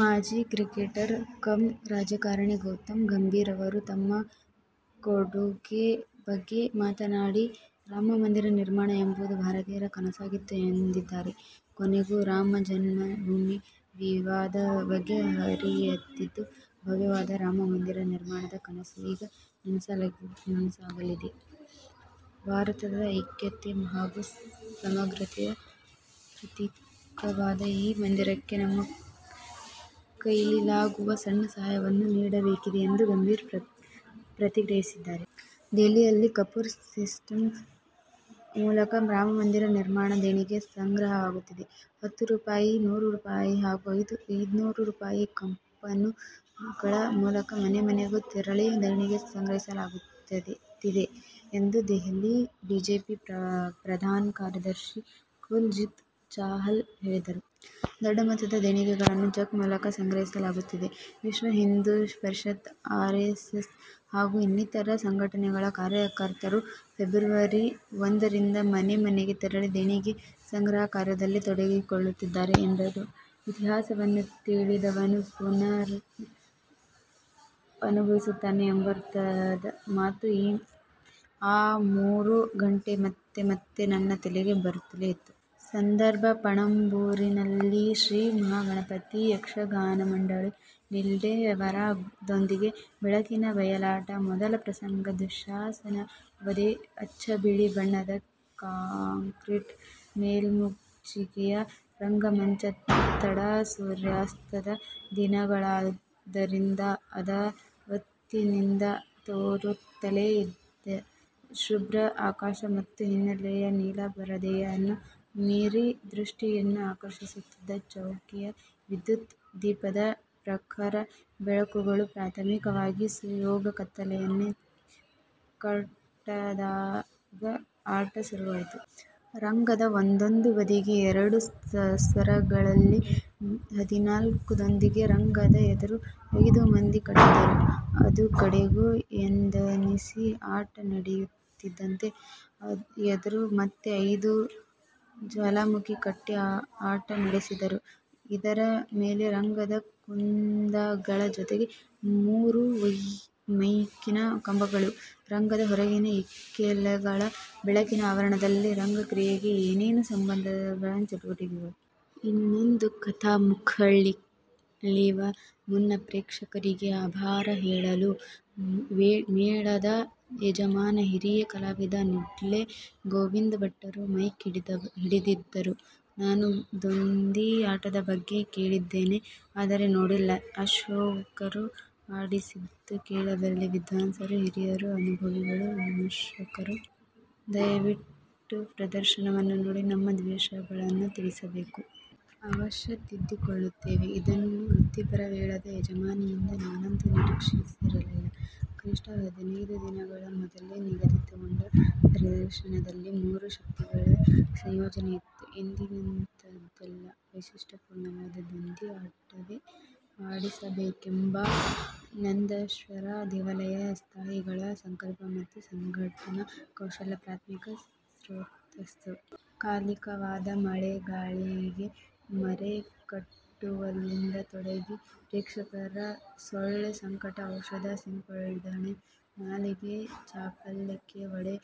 ಮಾಜಿ cricketer cum ರಾಜಕಾರಣಿ ಗೌತಮ್ ಗಂಭೀರ್ ಅವರು ತಮ್ಮ ಕೊಡುಗೆ ಬಗ್ಗೆ ಮಾತನಾಡಿ, ರಾಮ ಮಂದಿರ ನಿರ್ಮಾಣ ಎಂಬುದು ಭಾರತೀಯರ ಕನಸಾಗಿತ್ತು ಎಂದಿದ್ದಾರೆ. ''ಕೊನೆಗೂ ರಾಮ ಜನ್ಮ ಭೂಮಿ ವಿವಾದ ಬಗೆ ಹರಿದಿದ್ದು, ಭವ್ಯವಾದ ರಾಮ ಮಂದಿರ ನಿರ್ಮಾಣದ ಕನಸು ಈಗ ನನಸಾಗಲಿದೆ. ಭಾರತದ ಐಕ್ಯತೆ ಹಾಗೂ ಸಮಗ್ರತೆಯ ಪ್ರತೀಕವಾದ ಈ ಮಂದಿರಕ್ಕೆ ನಮ್ಮ ಕೈಲಾಗುವ ಸಣ್ಣ ಸಹಾಯವನ್ನು ನೀಡಬೇಕಿದೆ'' ಎಂದು ಗಂಭೀರ್ ಪ್ರತಿಕ್ರಿಯಿಸಿದ್ದಾರೆ. ದೆಹಲಿಯಲ್ಲಿ ಕೂಪರ್ ಸಿಸ್ಟಂ ಮೂಲಕ ರಾಮ ಮಂದಿರ ನಿರ್ಮಾಣ ದೇಣಿಗೆ ಸಂಗ್ರಹವಾಗುತ್ತಿದೆ. ಹತ್ತು ರೂಪಾಯಿ, ನೂರು ರೂಪಾಯಿ ಹಾಗೂ ಐನೂರು ರೂಪಾಯಿಗಳ ಕೂಪನ್ ಗಳ ಮೂಲಕ ಮನೆ ಮನೆಗೂ ತೆರಳಿ ದೇಣಿಗೆ ಸಂಗ್ರಹಿಸಲಾಗುತ್ತಿದೆ ಎಂದು ದೆಹಲಿ ಬಿಜೆಪಿ ಪ್ರಧಾನ ಕಾರ್ಯದರ್ಶಿ ಕುಲ್ ಜೀತ್ ಚಾಹಲ್ ಹೇಳಿದರು. ದೊಡ್ಡ ಮೊತ್ತದ ದೇಣಿಗೆಗಳನ್ನು ಚೆಕ್ ಮೂಲಕ್ ಸಂಗ್ರಹಿಸಲಾಗುತ್ತಿದೆ. ವಿಶ್ವಹಿಂದೂಪರಿಷತ್, ಆರೆಸ್ಸೆಸ್ ಹಾಗೂ ಇನ್ನಿತರ ಸಂಘಟನೆಗಳ ಕಾರ್ಯಕರ್ತರು ಫೆಬ್ರವರಿ ಒಂದರಿಂದ ಮನೆ ಮನೆಗೆ ತೆರಳಿ ದೇಣಿಗೆ ಸಂಗ್ರಹ ಕಾರ್ಯದಲ್ಲಿ ತೊಡಗಿಕೊಳ್ಳಲಿದ್ದಾರೆ ಎಂದರು. ಇತಿಹಾಸವನ್ನು ತಿಳಿಯದವನು ಪುನರಪಿ ಅನುಭವಿಸುತ್ತಾನೆ ಎಂಬರ್ಥದ ಮಾತು ಆ ಮೂರೂ ಗಂಟೆ ಮತ್ತೆ ಮತ್ತೆ ನನ್ನ ತಲೆಗೆ ಬರುತ್ತಲೇ ಇತ್ತು. ಸಂದರ್ಭ ಪಣಂಬೂರಿನಲ್ಲಿ ಶ್ರೀ ಮಹಾಗಣಪತಿ ಯಕ್ಷಗಾನ ಮಂಡಳಿ, ನಿಡ್ಲೆ ಇವರ ದೊಂದಿ ಬೆಳಕಿನ ಬಯಲಾಟ. ಮೊದಲ ಪ್ರಸಂಗ ದುಶ್ಶಾಸನ ವಧೆ. ಅಚ್ಚ ಬಿಳಿ ಬಣ್ಣದ ಕಾಂಕ್ರಿಟ್ ಮೇಲ್ಮುಚ್ಚಿಗೆಯ ರಂಗಮಂಚ, ತಡ-ಸೂರ್ಯಾಸ್ತದ ದಿನಗಳಾದ್ದರಿಂದ ಅದರ ಒತ್ತಿನಿಂದ ತೋರುತ್ತಲೇ ಇದ್ದ ಶುಭ್ರ ಆಕಾಶ ಮತ್ತು ಹಿನ್ನೆಲೆಯ ನೀಲಪರದೆಯನ್ನು ಮೀರಿ ದೃಷ್ಟಿಯನ್ನು ಆಕರ್ಷಿಸುತ್ತಿದ್ದ ಚೌಕಿಯ ವಿದ್ಯುತ್ ದೀಪದ ಪ್ರಖರ ಬೆಳಕುಗಳು ಪ್ರಾಥಮಿಕವಾಗಿ ಸುಯೋಗ್ಯ ಕತ್ತಲನ್ನೇ ಕಟ್ಟದಾಗ ಆಟ ಸುರುವಾಯ್ತು. ರಂಗದ ಒಂದೊಂದು ಬದಿಗೆ ಎರಡು ಸ್ತರಗಳಲ್ಲಿ ಹದಿನಾಲ್ಕು ದೊಂದಿ, ರಂಗದ ಎದುರು ಐದು ದೊಂದಿ ಕಟ್ಟಿದ್ದರು. ಅದೂ ಕಡಿಮೆ ಎಂದನ್ನಿಸಿ, ಆಟ ನಡೆಯುತ್ತಿದ್ದಂತೆ ಎದುರು ಮತ್ತೆ ಐದು ಜ್ವಾಲಾಮುಖಿ ಕಟ್ಟಿ ಆಟ ನಡೆಸಿದರು. ಇದರ ಮೇಲೆ ರಂಗದ ಕುಂದಗಳ ಜೊತೆಗೆ ಮೂರು ಮೈಕಿನ ಕಂಬಗಳು, ರಂಗದ ಹೊರಗಿನ ಇಕ್ಕೆಲಗಳ ಬೆಳಕಿನ ಆವರಣದಲ್ಲಿ ರಂಗಕ್ರಿಯೆಗೆ ಏನೇನೂ ಸಂಬಂಧಿಸದ ಚಟುವಟಿಕೆಗಳು. ಇನ್ನೊಂದು ಕಥಾಮುಖಕ್ಕಿಳಿವ ಮುನ್ನ ಪ್ರೇಕ್ಷಕರಿಗೆ ಅಭಾರಿ ಹೇಳಲು ಮೇಳದ ಯಜಮಾನ, ಹಿರಿಯ ಕಲಾವಿದ ನಿಡ್ಳೆ ಗೋವಿಂದ ಭಟ್ಟರು ಮೈಕ್ ಹಿಡಿದಿದ್ದರು. "ನಾನು ದೊಂದಿ ಆಟದ ಬಗ್ಗೆ ಕೇಳಿದ್ದೇನೆ. ಆದರೆ ನೋಡಿಲ್ಲ. ಅಶೋಕರು ಆಡಿಸಿದ್ದು ಕೇಳಿಬಲ್ಲೆ. ವಿದ್ವಾಂಸರು, ಹಿರಿಯರು, ಅನುಭವಿಗಳು, ವಿಮರ್ಶಕರು ದಯವಿಟ್ಟು ಪ್ರದರ್ಶನವನ್ನು ನೋಡಿ ನಮ್ಮ ದೋಷಗಳನ್ನು ತಿಳಿಸಬೇಕು. ಅವಶ್ಯ ತಿದ್ದಿಕೊಳ್ಳುತ್ತೇವೆ. " ಇದನ್ನು ವೃತ್ತಿಪರ ಮೇಳದ ಯಜಮಾನನಿಂದ ನಾನಂತೂ ನಿರೀಕ್ಷಿಸಿರಲಿಲ್ಲ. ಕನಿಷ್ಠ ಹದಿನೈದು ದಿನಗಳ ಮೊದಲೇ ನಿಗದಿಕೊಂಡ ಪ್ರದರ್ಶನದಲ್ಲಿ ಮೂರು ಶಕ್ತಿಗಳ ಸಂಯೋಜನೆ ಇತ್ತು. ಎಂದಿನಂತಲ್ಲದ, ವೈಶಿಷ್ಟ್ಯಪೂರ್ಣವಾದ ದೊಂದಿ ಆಟವೇ ಆಡಿಸಬೇಕೆಂಬ ನಂದನೇಶ್ವರ ದೇವಾಲಯದ ಉತ್ಸಾಹಿಗಳ ಸಂಕಲ್ಪ ಮತ್ತು ಸಂಘಟನಾ ಕೌಶಲ್ಯ ಪ್ರಾಥಮಿಕ ಸ್ರೋತಸ್ಸು. ಕಾಲಿಕವಾದ ಮಳೆಗಾಳಿಗೆ ಮರೆ ಕಟ್ಟುವಲ್ಲಿಂದ ತೊಡಗಿ, ಪ್ರೇಕ್ಷಕರ ಸೊಳ್ಳೆ ಸಂಕಟಕ್ಕೆ ಔಷಧ ಸಿಂಪಡಣೆ, ನಾಲಿಗೆ ಚಾಪಲ್ಯಕ್ಕೆ ವಡೆ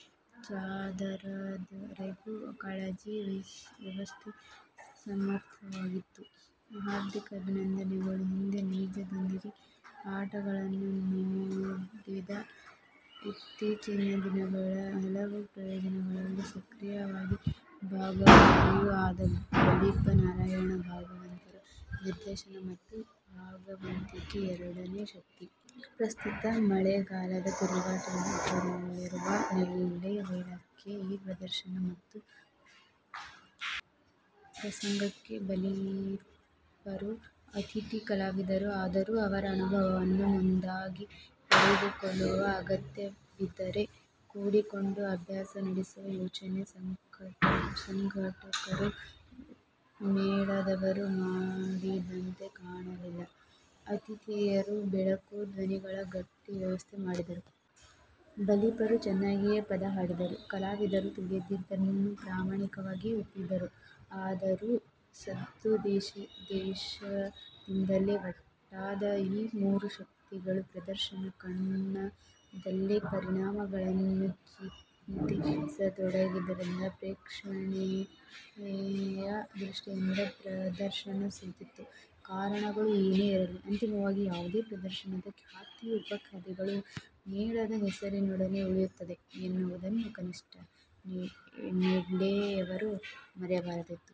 ಚಾದವರೆಗೂ ಕಾಳಜಿ, ವ್ಯವಸ್ಥೆ ಸಮರ್ಥವಾಗಿತ್ತು; ಹಾರ್ದಿಕ ಅಭಿನಂದನೆಗಳು. ಹಿಂದೆ ನೈಜ ದೊಂದಿ ಆಟಗಳನ್ನು ನೋಡಿದ, ಈಚಿನ ದಿನಗಳ ಹಲವು ಪ್ರಯೋಗಗಳಲ್ಲಿ ಸಕ್ರಿಯವಾಗಿ ಭಾಗಿಯೂ ಆದ ಬಲಿಪ ನಾರಾಯಣ ಭಾಗವತರ ನಿರ್ದೇಶನ ಮತ್ತು ಭಾಗವತಿಕೆ ಎರಡನೇ ಶಕ್ತಿ. ಪ್ರಸ್ತುತ ಮಳೆಗಾಲದ ತಿರುಗಾಟದಲ್ಲಿರುವ ನಿಡ್ಳೆ ಮೇಳಕ್ಕೆ ಈ ಪ್ರದರ್ಶನ ಮತ್ತು ಪ್ರಸಂಗಕ್ಕೆ ಬಲಿಪರು ಅತಿಥಿ ಕಲಾವಿದರು. ಆದರೂ ಅವರ ಅನುಭವವನ್ನು ಮುಂದಾಗಿ ಪಡೆದುಕೊಳ್ಳುವ, ಅಗತ್ಯ ಬಿದ್ದರೆ ಕೂಡಿಕೊಂಡು ಅಭ್ಯಾಸ ನಡೆಸುವ ಯೋಚನೆ ಸಂಘಟಕರೂ ಮೇಳದವರೂ ಮಾಡಿದಂತೆ ಕಾಣಲಿಲ್ಲ. ಆತಿಥೇಯರು ಬೆಳಕು, ಧ್ವನಿಗಳ ಗಟ್ಟಿ ವ್ಯವಸ್ಥೆ ಮಾಡಿದ್ದರು. ಬಲಿಪರು ಚೆನ್ನಾಗಿಯೇ ಪದ ಹಾಡಿದರು. ಕಲಾವಿದರು ತಿಳಿದದ್ದನ್ನು ಪ್ರಾಮಾಣಿಕವಾಗಿಯೇ ಒಪ್ಪಿಸಿದರು. ಆದರೂ ಸದುದ್ದೇಶದಿಂದಲೇ ಒಟ್ಟಾದ ಈ ಮೂರೂ ಶಕ್ತಿಗಳು ಪ್ರದರ್ಶನ ಕಣದಲ್ಲೇ ಪರಿಣಾಮಗಳನ್ನು ಚಿಂತಿಸತೊಡಗಿದ್ದರಿಂದ ಪ್ರೇಕ್ಷಣೆಯ ದೃಷ್ಟಿಯಲ್ಲಿ ಪ್ರದರ್ಶನ ಸೋತಿತು! ಕಾರಣಗಳು ಏನೇ ಇರಲಿ, ಅಂತಿಮವಾಗಿ ಯಾವುದೇ ಪ್ರದರ್ಶನದ ಖ್ಯಾತಿ ಅಪಖ್ಯಾತಿಗಳು ಮೇಳದ ಹೆಸರಿನೊಡನೆ ಉಳಿಯುತ್ತದೆ ಎನ್ನುವುದನ್ನು ಕನಿಷ್ಠ ನಿಡ್ಳೆಯವರು ಮರೆಯಬಾರದಿತ್ತು.